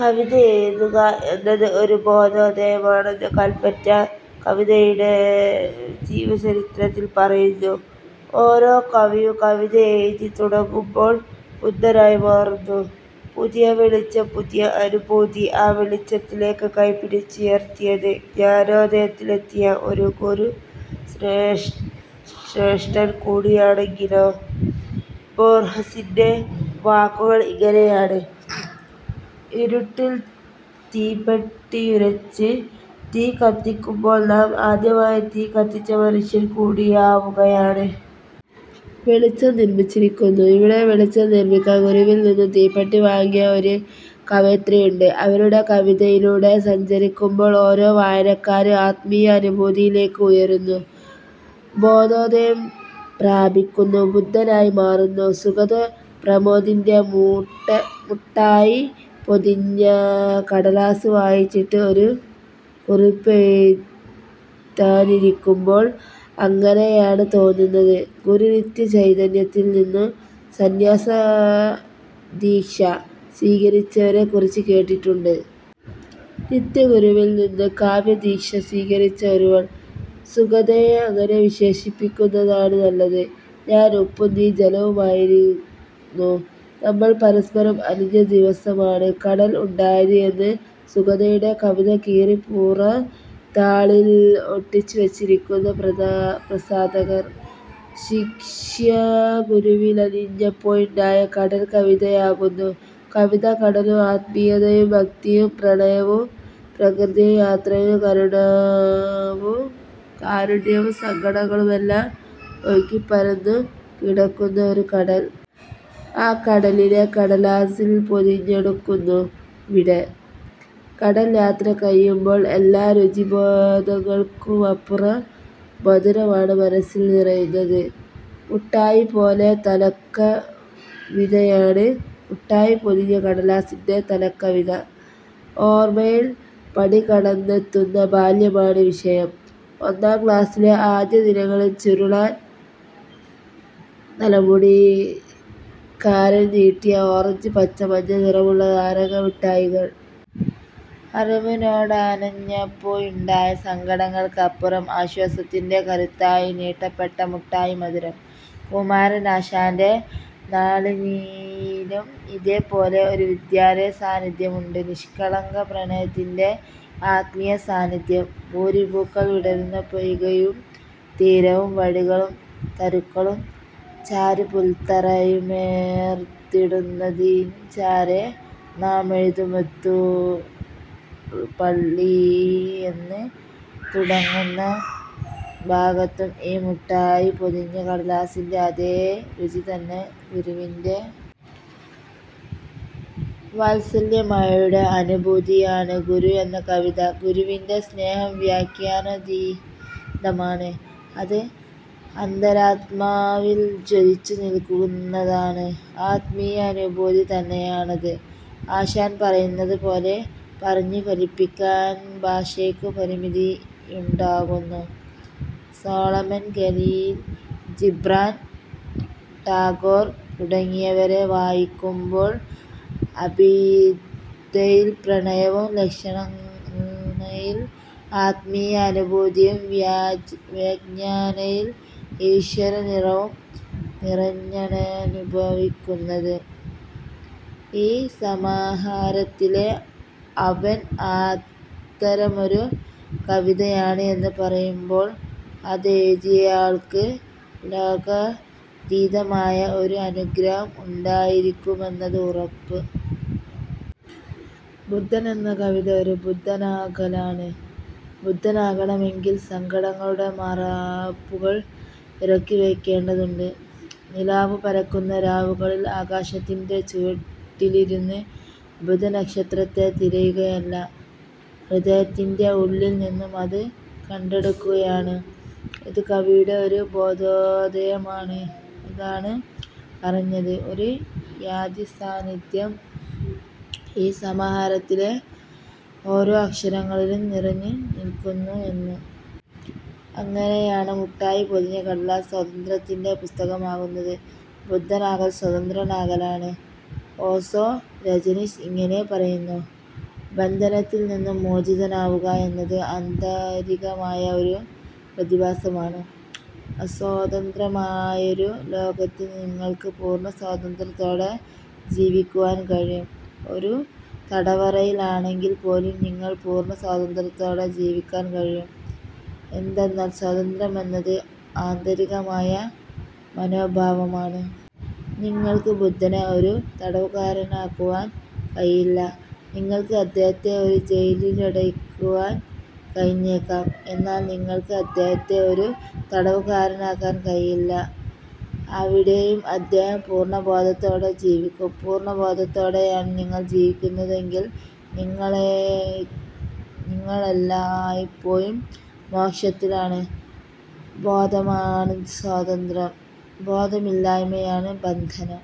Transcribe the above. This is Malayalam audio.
കവിത എഴുതുക എന്നത് ഒരു ബോധോദയമാണെന്ന് കൽപറ്റ കവിതയുടെ ജീവചരിത്രത്തിൽ പറയുന്നു. ഓരോ കവിയും കവിത എഴുതിത്തുടങ്ങുമ്പോൾ ബുദ്ധനായി മാറുന്നു. പുതിയ വെളിച്ചം, പുതിയ അനുഭൂതി. ആ വെളിച്ചത്തിലേക്ക് കൈപിടിച്ചുയർത്തിയത് ജ്ഞാനോദയത്തിലെത്തിയ ഒരു ഗുരുശ്രേ ശ്രേഷ്ഠൻ കൂടിയാണെങ്കിലോ. ബോർഹെസിൻ്റെ വാക്കുകൾ ഇങ്ങനെയാണ്. ഇരുട്ടിൽ തീപ്പെട്ടിയുരച്ച് തീ കത്തിക്കുമ്പോൾ നാം ആദ്യമായി തീ കത്തിച്ച മനുഷ്യൻ കൂടിയാവുകയാണ്. വെളിച്ചം നിർമിച്ചിരിക്കുന്നു. ഇവിടെ വെളിച്ചം നിർമിക്കാൻ ഗുരുവിൽനിന്ന് തീപ്പെട്ടി വാങ്ങിയ ഒരു കവയിത്രിയുണ്ട്. അവരുടെ കവിതകളിലൂടെ സഞ്ചരിക്കുമ്പോൾ ഓരോ വായനക്കാരും ആത്മീയ അനുഭൂതിയിലേക്ക് ഉയരുന്നു, ബോധോദയം പ്രാപിക്കുന്നു, ബുദ്ധനായി മാറുന്നു. സുഗത പ്രമോദിൻ്റെ മൂട്ട മുട്ടായി പൊതിഞ്ഞ കടലാസ് വായിച്ചിട്ട് ഒരു കുറിപ്പെഴുതാനിരിക്കുമ്പോൾ അങ്ങനെയാണ് തോന്നുന്നത്. ഗുരു നിത്യ ചൈതന്യത്തിൽ നിന്ന് സന്യാസദീക്ഷ സ്വീകരിച്ചവരെക്കുറിച്ച് കേട്ടിട്ടുണ്ട്. നിത്യഗുരുവിൽനിന്ന് കാവ്യദീക്ഷ സ്വീകരിച്ച ഒരുവൾ, സുഗതയെ അങ്ങനെ വിശേഷിപ്പിക്കുന്നതാണു നല്ലത്. ഞാൻ ഉപ്പും നീ ജലവുമായിരുന്നു. നമ്മൾ പരസ്പരം അലിഞ്ഞ ദിവസമാണ് കടൽ ഉണ്ടായത് എന്ന് സുഗതയുടെ കവിത കീറി പുറംതാളിൽ ഒട്ടിച്ചുവച്ചിരിക്കുന്നു പ്രത പ്രസാധകർ. ശിഷ്യ ഗുരുവിലലിഞ്ഞപ്പോഴുണ്ടായ കടൽ കവിതയാകുന്നു. കവിത കടലും. ആത്മീയതയും ഭക്തിയും പ്രണയവും പ്രകൃതിയും യാത്രയും കാരുണ്യവും സങ്കടങ്ങളുമെല്ലാം ഒഴുകിപ്പരന്നു കിടക്കുന്ന ഒരു കടൽ. ആ കടലിനെ കടലാസിൽ പൊതിഞ്ഞെടുക്കുന്നു ഇവിടെ. കടൽയാത്ര കഴിയുമ്പോൾ എല്ലാ രുചിഭേദങ്ങൾക്കുമപ്പുറം മധുരമാണ് മനസ്സിൽ നിറയുന്നത്, മുട്ടായി പോലെ. തലക്കവിതയാണ് മുട്ടായി പൊതിഞ്ഞ കടലാസിൻ്റെ തലക്കവിത. ഓർമ്മയിൽ പടികടന്നെത്തുന്ന ബാല്യമാണ് വിഷയം. ഒന്നാം ക്ലാസിലെ ആദ്യദിനങ്ങളിൽ ചുരുളൻ തലമുടിക്കാരൻ നീട്ടിയ ഓറഞ്ച്, പച്ച, മഞ്ഞ നിറമുള്ള നാരങ്ങ മുട്ടായികൾ. അറിവുനേടാനാഞ്ഞപ്പോഴുണ്ടായ സങ്കടങ്ങൾക്കപ്പുറം ആശ്വാസത്തിൻ്റെ കരുത്തായി നീട്ടപ്പെട്ട മുട്ടായി മധുരം. കുമാരനാശാൻ്റെ നാളനിയിലും ഇതേപോലെ ഒരു വിദ്യാലയ സാന്നിധ്യമുണ്ട്. നിഷ്കളങ്ക പ്രണയത്തിൻ്റെ ആത്മീയ സാന്നിധ്യം. ഭൂരിപൂക്കൾ വിടരുന്ന പൊയ്കയും തീരവും വഴികളും തരുക്കളും ചാരുപുൽത്തറയുമോർത്തിടുനതിൻ ചാരെ നാമെഴുമെഴുത്തുപള്ളിയെന്ന് തുടങ്ങുന്ന ഭാഗത്തും ഈ മുട്ടായി പൊതിഞ്ഞ കടലാസിൻ്റെ അതേ രുചിതന്നെ. ഗുരുവിൻ്റെ വാത്സല്യമഴയുടെ അനുഭൂതിയാണ് ഗുരു എന്ന കവിത. ഗുരുവിൻ്റെ സ്നേഹം വ്യാഖ്യാനാതീതമാണ്. അത് അന്തരാത്മാവിൽ ജ്വലിച്ചുനിൽക്കുന്നതാണ്. ആത്മീയാനുഭൂതി തന്നെയാണത്. ആശാൻ പറയുന്നതുപോലെ പറഞ്ഞുഫലിപ്പിക്കാൻ ഭാഷയ്ക്ക് പരിമിതിയുണ്ടാകുന്നു. സോളമൻ, ഖലീൽ ജിബ്രാൻ, ടാഗോർ തുടങ്ങിയവരെ വായിക്കുമ്പോൾ അഭിധയിൽ പ്രണയവും ലക്ഷണയിൽ ആത്മീയാനുഭൂതിയും വ്യാജ വ്യഞ്ജനയിൽ ഈശ്വരനിറവും നിറഞ്ഞാണനുഭവിക്കുന്നത്.ഈ സമാഹാരത്തിലെ അവൻ ആത്തരമൊരു കവിതയാണ് എന്നു പറയുമ്പോൾ അതെഴുതിയയാൾക്ക് ലോകാതീതമായ ഒരു അനുഗ്രഹം ഉണ്ടായിരിക്കുമെന്നത് ഉറപ്പ്. ബുദ്ധൻ എന്ന കവിത ഒരു ബുദ്ധനാകലാണ്. ബുദ്ധനാകണമെങ്കിൽ സങ്കടങ്ങളുടെ മാറാപ്പുകൾ ഇറക്കിവയ്ക്കേണ്ടതുണ്ട്. നിലാവു പരക്കുന്ന രാവുകളിൽ ആകാശത്തിൻ്റെ ചുവട്ടിലിരുന്ന് ബുദ്ധനക്ഷത്രത്തെ തിരയുകയല്ല. ഹൃദയത്തിൻ്റെ ഉള്ളിൽനിന്ന് അത് കണ്ടെടുക്കലാണ്. ഇത് കവിയുടെ ഒരു ബോധോദയമാണ്. ഇതാണ് പറഞ്ഞത്, ഒരു യതിസാന്നിധ്യം ഈ സമാഹാരത്തിലെ ഓരോ അക്ഷരങ്ങളിലും നിറഞ്ഞുനിൽക്കുന്നു എന്ന്. അങ്ങനെയാണ് മുട്ടായി പൊതിഞ്ഞ കടലാസ് സ്വാതന്ത്ര്യത്തിൻ്റെ പുസ്തകമാകുന്നത്. ബുദ്ധനാകൽ സ്വതന്ത്രനാകലാണ്. ഓഷോ രജനീഷ് ഇങ്ങനെ പറയുന്നു. ബന്ധനത്തിൽനിന്ന് മോചിതനാവുക എന്നത് അന്തരികമായ ഒരു പ്രതിഭാസമാണ്. അസ്വതന്ത്രമായൊരു ലോകത്തിൽ നിങ്ങൾ പൂർണ സ്വാതന്ത്ര്യത്തോടെ ജീവിക്കുവാൻ കഴിയും. ഒരു തടവറയിൽ ആണെങ്കിൽപ്പോലും നിങ്ങൾക്ക് പൂർണ സ്വാതന്ത്ര്യത്തോടെ ജീവിക്കാൻ കഴിയും. എന്തെന്നാൽ സ്വാതന്ത്ര്യമെന്നത് ആന്തരികമായ മനോഭാവമാണ്. നിങ്ങൾക്ക് ബുദ്ധനെ ഒരു തടവുകാരനാക്കുവാൻ കഴിയില്ല. നിങ്ങൾക്ക് അദ്ദേഹത്തെ ഒരു ജയിലിലടയ്ക്കുവാൻ കഴിഞ്ഞേക്കാം. എന്നാൽ നിങ്ങൾക്ക് അദ്ദേഹത്തെ ഒരു തടവുകാരനാക്കാൻ കഴിയില്ല. അവിടെയും അദ്ദേഹം പൂർണബോധത്തോടെ ജീവിക്കും. പൂർണബോധത്തോടെയാണ് നിങ്ങൾ ജീവിക്കുന്നതെങ്കിൽ, നിങ്ങളെ നിങ്ങളെല്ലായ്പ്പോഴും മോക്ഷത്തിലാണ്. ബോധമാണ് സ്വാതന്ത്ര്യം. ബോധമില്ലായ്മയാണ് ബന്ധനം.